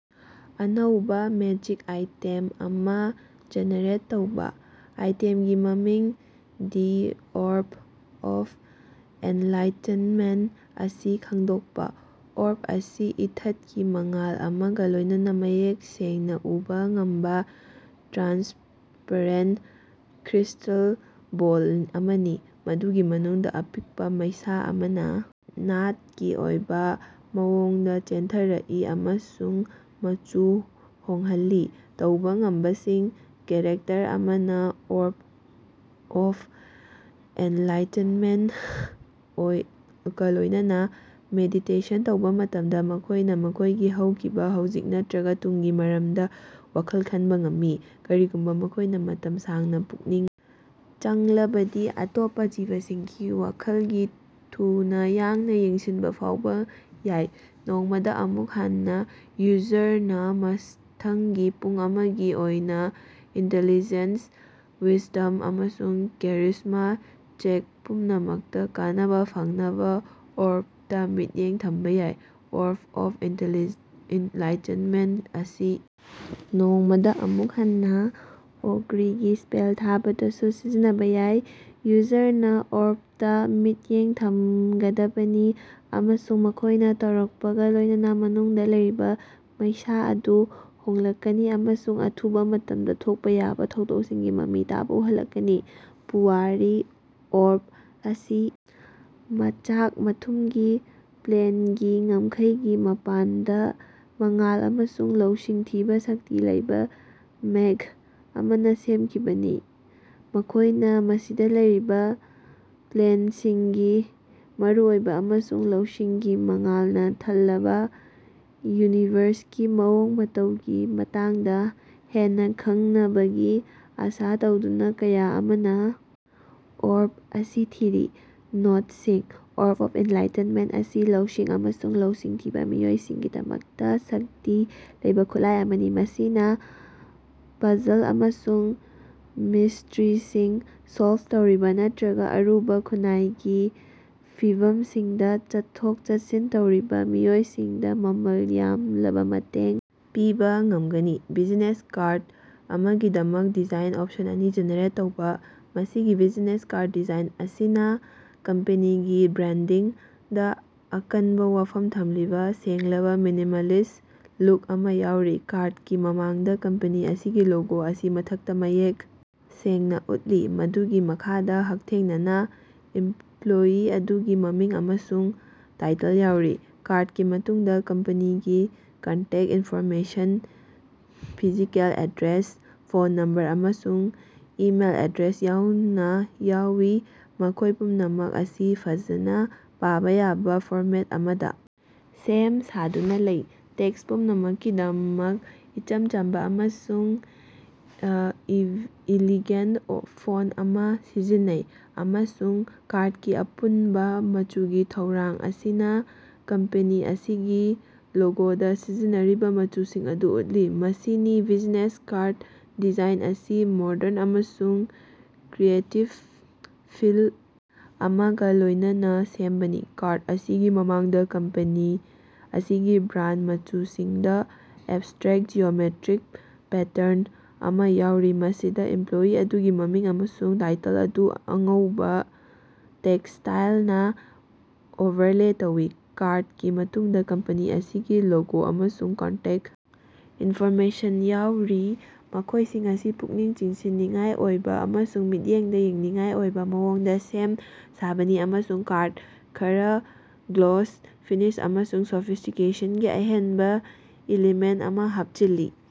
ꯑꯅꯧꯕꯥ magic item ꯑꯃ generate ꯇꯧꯕ꯫ ꯑꯥꯏꯇꯦꯝꯒꯤ ꯃꯃꯤꯡ: ꯗꯤ ꯑꯣꯔꯕ ꯑꯣꯐ ꯑꯦꯟꯂꯥꯏꯇꯦꯟꯃꯦꯟ ꯃꯁꯛ ꯈꯪꯗꯣꯛꯄ: ꯑꯣꯔꯕ ꯑꯁꯤ ꯏꯊꯠꯀꯤ ꯃꯉꯥꯜ ꯑꯃꯒ ꯂꯣꯏꯅꯅꯥ ꯃꯌꯦꯛ ꯁꯦꯡꯅ ꯎꯕꯥ ꯉꯝꯕ, ꯇ꯭ꯔꯥꯟꯁꯄꯔꯦꯟ ꯀ꯭ꯔꯤꯁꯇꯦꯜ ꯕꯣꯜ ꯑꯃꯅꯤ꯫ ꯃꯗꯨꯒꯤ ꯃꯅꯨꯡꯗ ꯑꯄꯤꯛꯄꯥ ꯃꯩꯁꯥ ꯑꯃꯅ ꯅꯥꯠꯀꯤ ꯑꯣꯏꯕ ꯃꯑꯣꯡꯗ ꯆꯦꯟꯊꯔꯛꯏ ꯑꯃꯁꯨꯡ ꯃꯆꯨ ꯍꯣꯡꯂꯛꯂꯤ꯫ ꯇꯧꯕ ꯉꯝꯕꯁꯤꯡ: ꯀꯦꯔꯦꯛꯇꯔ ꯑꯃꯅ ꯑꯣꯔꯕ ꯑꯣꯐ ꯑꯦꯟꯂꯥꯏꯇꯦꯟꯃꯦꯟꯀꯥ ꯂꯣꯏꯅꯅꯥ ꯃꯦꯗꯤꯇꯦꯁꯟ ꯇꯧꯕ ꯃꯇꯝꯗ ꯃꯈꯣꯏꯅ ꯃꯈꯣꯏꯒꯤ ꯍꯧꯈꯤꯕ, ꯍꯧꯖꯤꯛ ꯅꯠꯇ꯭ꯔꯒ ꯇꯨꯡꯒꯤ ꯃꯔꯝꯗ ꯋꯥꯈꯜ ꯈꯟꯕ ꯉꯝꯒꯅꯤ꯫ ꯀꯔꯤꯒꯨꯝꯕ ꯃꯈꯣꯏꯅ ꯃꯇꯝ ꯁꯥꯡꯅ ꯄꯨꯛꯅꯤꯡ ꯆꯪꯂꯕꯗꯤ, ꯑꯇꯣꯞꯄꯥ ꯖꯤꯕꯁꯤꯡꯒꯤ ꯋꯥꯈꯜꯒꯤ ꯊꯨꯅꯥ ꯌꯥꯡꯅ ꯌꯦꯡꯁꯤꯟꯕ ꯐꯥꯎꯕ ꯌꯥꯏ꯫ ꯅꯣꯡꯃꯗꯥ ꯑꯃꯨꯛ ꯍꯟꯅꯥ ꯌꯨꯖꯔꯅꯥ ꯃꯊꯪꯒꯤ ꯄꯨꯡ ꯑꯃꯒꯤ ꯑꯣꯏꯅ ꯏꯟꯇꯦꯂꯤꯖꯦꯟꯁ, ꯋꯤꯁꯗꯝ, ꯑꯃꯁꯨꯡ ꯀꯦꯔꯤꯖꯃꯥ ꯆꯦꯛ ꯄꯨꯝꯅꯃꯛꯇꯥ ꯀꯥꯟꯅꯕ ꯐꯪꯅꯕ ꯑꯣꯔꯕꯇꯥ ꯃꯤꯠꯌꯦꯡ ꯊꯝꯕ ꯌꯥꯏ꯫ ꯑꯣꯔꯕ ꯑꯣꯐ ꯑꯦꯟꯂꯥꯏꯇꯦꯟꯃꯦꯟ ꯑꯁꯤ ꯅꯣꯡꯃꯗꯥ ꯑꯃꯨꯛ ꯍꯟꯅꯥ ꯑꯣꯒꯔꯤꯒꯤ ꯁ꯭ꯄꯦꯜ ꯊꯥꯕꯗꯁꯨ ꯁꯤꯖꯤꯟꯅꯕ ꯌꯥꯏ꯫ ꯌꯨꯖꯔꯅꯥ ꯑꯣꯔꯕꯇꯥ ꯃꯤꯠꯌꯦꯡ ꯊꯝꯒꯗꯕꯅꯤ, ꯑꯃꯁꯨꯡ ꯃꯈꯣꯏꯅ ꯇꯧꯔꯛꯄꯒꯥ ꯂꯣꯏꯅꯅꯥ ꯃꯅꯨꯡꯗ ꯂꯩꯔꯤꯕ ꯃꯩꯁꯥ ꯑꯗꯨ ꯍꯣꯡꯂꯛꯀꯅꯤ ꯑꯃꯁꯨꯡ ꯑꯊꯨꯕꯥ ꯃꯇꯝꯗꯥ ꯊꯣꯛꯄ ꯌꯥꯕ ꯊꯧꯗꯣꯛꯁꯤꯡꯒꯤ ꯃꯃꯤ ꯇꯥꯕ ꯎꯍꯜꯂꯛꯀꯅꯤ꯫ ꯄꯨꯋꯥꯔꯤ: ꯑꯣꯔꯕ ꯑꯁꯤ ꯃꯆꯥꯛ ꯃꯊꯨꯝꯒꯤ ꯄ꯭ꯂꯦꯟꯒꯤ ꯉꯝꯈꯩꯒꯤ ꯃꯄꯥꯟꯗ ꯃꯉꯥꯜ ꯑꯃꯁꯨꯡ ꯂꯧꯁꯤꯡ ꯊꯤꯕ ꯁꯛꯇꯤ ꯂꯩꯕ ꯃꯦꯒ ꯑꯃꯅ ꯁꯦꯝꯈꯤꯕꯅꯤ꯫ ꯃꯈꯣꯏꯅ ꯃꯁꯤꯗ ꯂꯩꯔꯤꯕ ꯄ꯭ꯂꯦꯟꯁꯤꯡꯒꯤ ꯃꯔꯨꯑꯣꯏꯕ ꯑꯃꯁꯨꯡ ꯂꯧꯁꯤꯡꯒꯤ ꯃꯉꯥꯜꯅ ꯊꯜꯂꯕꯥ, ꯌꯨꯅꯤꯚꯔꯁꯀꯤ ꯃꯑꯣꯡ ꯃꯇꯧꯒꯤ ꯃꯇꯥꯡꯗ ꯍꯦꯟꯅꯥ ꯈꯪꯅꯕꯒꯤ ꯑꯥꯁꯥ ꯇꯧꯗꯨꯅꯥ ꯀꯌꯥ ꯑꯃꯅ ꯑꯣꯔꯕ ꯑꯁꯤ ꯊꯤꯔꯤ꯫ ꯅꯣꯠꯁꯤꯡ: ꯑꯣꯔꯕ ꯑꯣꯐ ꯑꯦꯟꯂꯥꯏꯇꯦꯟꯃꯦꯟ ꯑꯁꯤ ꯂꯧꯁꯤꯡ ꯑꯃꯁꯨꯡ ꯂꯧꯁꯤꯡ ꯊꯤꯕꯥ ꯃꯤꯑꯣꯏꯁꯤꯡꯒꯤꯗꯃꯛ ꯁꯛꯇꯤ ꯂꯩꯕꯥ ꯈꯨꯠꯂꯥꯏ ꯑꯃꯅꯤ꯫ ꯃꯁꯤꯅ ꯄꯥꯖꯜ ꯑꯃꯁꯨꯡ ꯃꯤꯁꯇ꯭ꯔꯤꯁꯤꯡ ꯁꯣꯜꯐ ꯇꯧꯔꯤꯕ ꯅꯠꯇ꯭ꯔꯒ ꯑꯔꯨꯕ ꯈꯨꯟꯅꯥꯏꯒꯤ ꯐꯤꯚꯝꯁꯤꯡꯗ ꯆꯠꯊꯣꯛ-ꯆꯠꯁꯤꯟ ꯇꯧꯔꯤꯕ ꯃꯤꯑꯣꯏꯁꯤꯡꯗ ꯃꯃꯜ ꯌꯥꯝꯂꯕ ꯃꯇꯦꯡ ꯄꯤꯕ ꯉꯝꯒꯅꯤ꯫ ꯕꯤꯖꯤꯅꯦꯁ ꯀꯥꯔꯠ ꯑꯃꯒꯤꯗꯃꯛ ꯗꯤꯖꯥꯏꯟ ꯑꯣꯞꯁꯟ ꯑꯅꯤ ꯖꯦꯅꯦꯔꯦꯠ ꯇꯧꯕ꯫ ꯃꯁꯤꯒꯤ ꯕꯤꯖꯤꯅꯦꯁ ꯀꯥꯔꯠ ꯗꯤꯖꯥꯏꯟ ꯑꯁꯤꯅ ꯀꯝꯄꯦꯅꯤꯒꯤ ꯕ꯭ꯔꯥꯟꯗꯤꯡꯗ ꯑꯀꯟꯕ ꯋꯥꯐꯝ ꯊꯝꯂꯤꯕ ꯁꯦꯡꯂꯕ, ꯃꯤꯅꯤꯃꯥꯂꯤꯁ ꯂꯨꯛ ꯑꯃ ꯌꯥꯎꯔꯤ꯫ ꯀꯥꯔꯠꯀꯤ ꯃꯃꯥꯡꯗ ꯀꯝꯄꯦꯅꯤ ꯑꯁꯤꯒꯤ ꯂꯣꯒꯣ ꯑꯁꯤ ꯃꯊꯛꯇ ꯃꯌꯦꯛ ꯁꯦꯡꯅꯥ ꯎꯠꯂꯤ, ꯃꯗꯨꯒꯤ ꯃꯈꯥꯗ ꯍꯛꯊꯦꯡꯅꯅꯥ ꯏꯝꯄ꯭ꯂꯣꯌꯤ ꯑꯗꯨꯒꯤ ꯃꯃꯤꯡ ꯑꯃꯁꯨꯡ ꯇꯥꯏꯇꯜ ꯌꯥꯎꯔꯤ꯫ ꯀꯥꯔꯠꯀꯤ ꯃꯇꯨꯡꯗ ꯀꯝꯄꯅꯤꯒꯤ contact information, physical address, phone number, ꯑꯃꯁꯨꯡ ꯏꯃꯦꯜ ꯑꯦꯗ꯭ꯔꯦꯁ ꯌꯥꯎꯅ ꯌꯥꯎꯏ, ꯃꯈꯣꯏ ꯄꯨꯝꯅꯃꯛ ꯑꯁꯤ ꯐꯖꯅ ꯄꯥꯕ ꯌꯥꯕ ꯐꯣꯔꯃꯦꯠ ꯑꯃꯗ ꯁꯦꯝ-ꯁꯥꯗꯨꯅ ꯂꯩ꯫ ꯇꯦꯛꯁ ꯄꯨꯝꯅꯃꯛꯀꯤꯗꯃꯛ ꯏꯆꯝ ꯆꯝꯕ ꯑꯃꯁꯨꯡ ꯏꯂꯤꯒꯦꯟ ꯐꯣꯟ ꯑꯃ ꯁꯤꯖꯤꯟꯅꯩ, ꯑꯃꯁꯨꯡ ꯀꯥꯔꯠꯀꯤ ꯑꯄꯨꯟꯕ ꯃꯆꯨꯒꯤ ꯊꯧꯔꯥꯡ ꯑꯁꯤꯅ ꯀꯝꯄꯦꯅꯤ ꯑꯁꯤꯒꯤ ꯂꯣꯒꯣꯗꯥ ꯁꯤꯖꯤꯟꯅꯔꯤꯕ ꯃꯆꯨꯁꯤꯡ ꯑꯗꯨ ꯎꯠꯂꯤ꯫ ꯃꯁꯤꯒꯤ ꯕꯤꯖꯤꯅꯦꯁ ꯀꯥꯔꯠ ꯗꯤꯖꯥꯏꯟ ꯑꯁꯤ ꯃꯣꯗꯔꯟ ꯑꯃꯁꯨꯡ ꯀ꯭ꯔꯤꯌꯦꯇꯤꯚ ꯐꯤꯜ ꯑꯃꯒ ꯂꯣꯏꯅꯅꯥ ꯁꯦꯝꯕꯅꯤ꯫ ꯀꯥꯔꯠ ꯑꯁꯤꯒꯤ ꯃꯃꯥꯡꯗ ꯀꯝꯄꯦꯅꯤ ꯑꯁꯤꯒꯤ ꯕ꯭ꯔꯥꯟ ꯃꯆꯨꯁꯤꯡꯗꯥ ꯑꯦꯕꯁꯇ꯭ꯔꯦꯛ, ꯖꯤꯑꯣꯃꯦꯇ꯭ꯔꯤꯛ ꯄꯦꯇꯔꯟ ꯑꯃ ꯌꯥꯎꯔꯤ, ꯃꯁꯤꯗ ꯏꯝꯄ꯭ꯂꯣꯌꯤ ꯑꯗꯨꯒꯤ ꯃꯃꯤꯡ ꯑꯃꯁꯨꯡ ꯇꯥꯏꯇꯜ ꯑꯗꯨ ꯑꯉꯧꯕꯥ ꯇꯦꯛꯁꯇꯥꯏꯜꯅꯥ ꯑꯣꯚꯔꯂꯦ ꯇꯧꯏ꯫ ꯀꯥꯔꯠꯀꯤ ꯃꯇꯨꯡꯗ ꯀꯝꯄꯦꯅꯤ ꯑꯁꯤꯒꯤ ꯂꯣꯒꯣ ꯑꯃꯁꯨꯡ ꯀꯟꯇꯦꯛ ꯏꯟꯐꯣꯔꯃꯦꯁꯟ ꯌꯥꯎꯔꯤ, ꯃꯈꯣꯏꯁꯤꯡ ꯑꯁꯤ ꯄꯨꯛꯅꯤꯡ ꯆꯤꯡꯁꯤꯟꯅꯤꯡꯉꯥꯏ ꯑꯣꯏꯕ ꯑꯃꯁꯨꯡ ꯃꯤꯠꯌꯦꯡꯗ ꯌꯦꯡꯅꯤꯡꯉꯥꯏ ꯑꯣꯏꯕ ꯃꯑꯣꯡꯗꯥ ꯁꯦꯝ ꯁꯥꯕꯅꯤ ꯑꯃꯁꯨꯡ ꯀꯥꯔꯠꯇꯥ ꯈꯔ ꯒ꯭ꯂꯣꯁ ꯐꯤꯅꯤꯁ ꯑꯃꯅꯥ ꯁꯣꯐꯤꯁ꯭ꯇꯤꯀꯦꯁꯟꯒꯤ ꯑꯍꯦꯟꯕꯥ ꯏꯂꯤꯃꯦꯟ ꯑꯃ ꯍꯥꯞꯆꯤꯜꯂꯤ꯫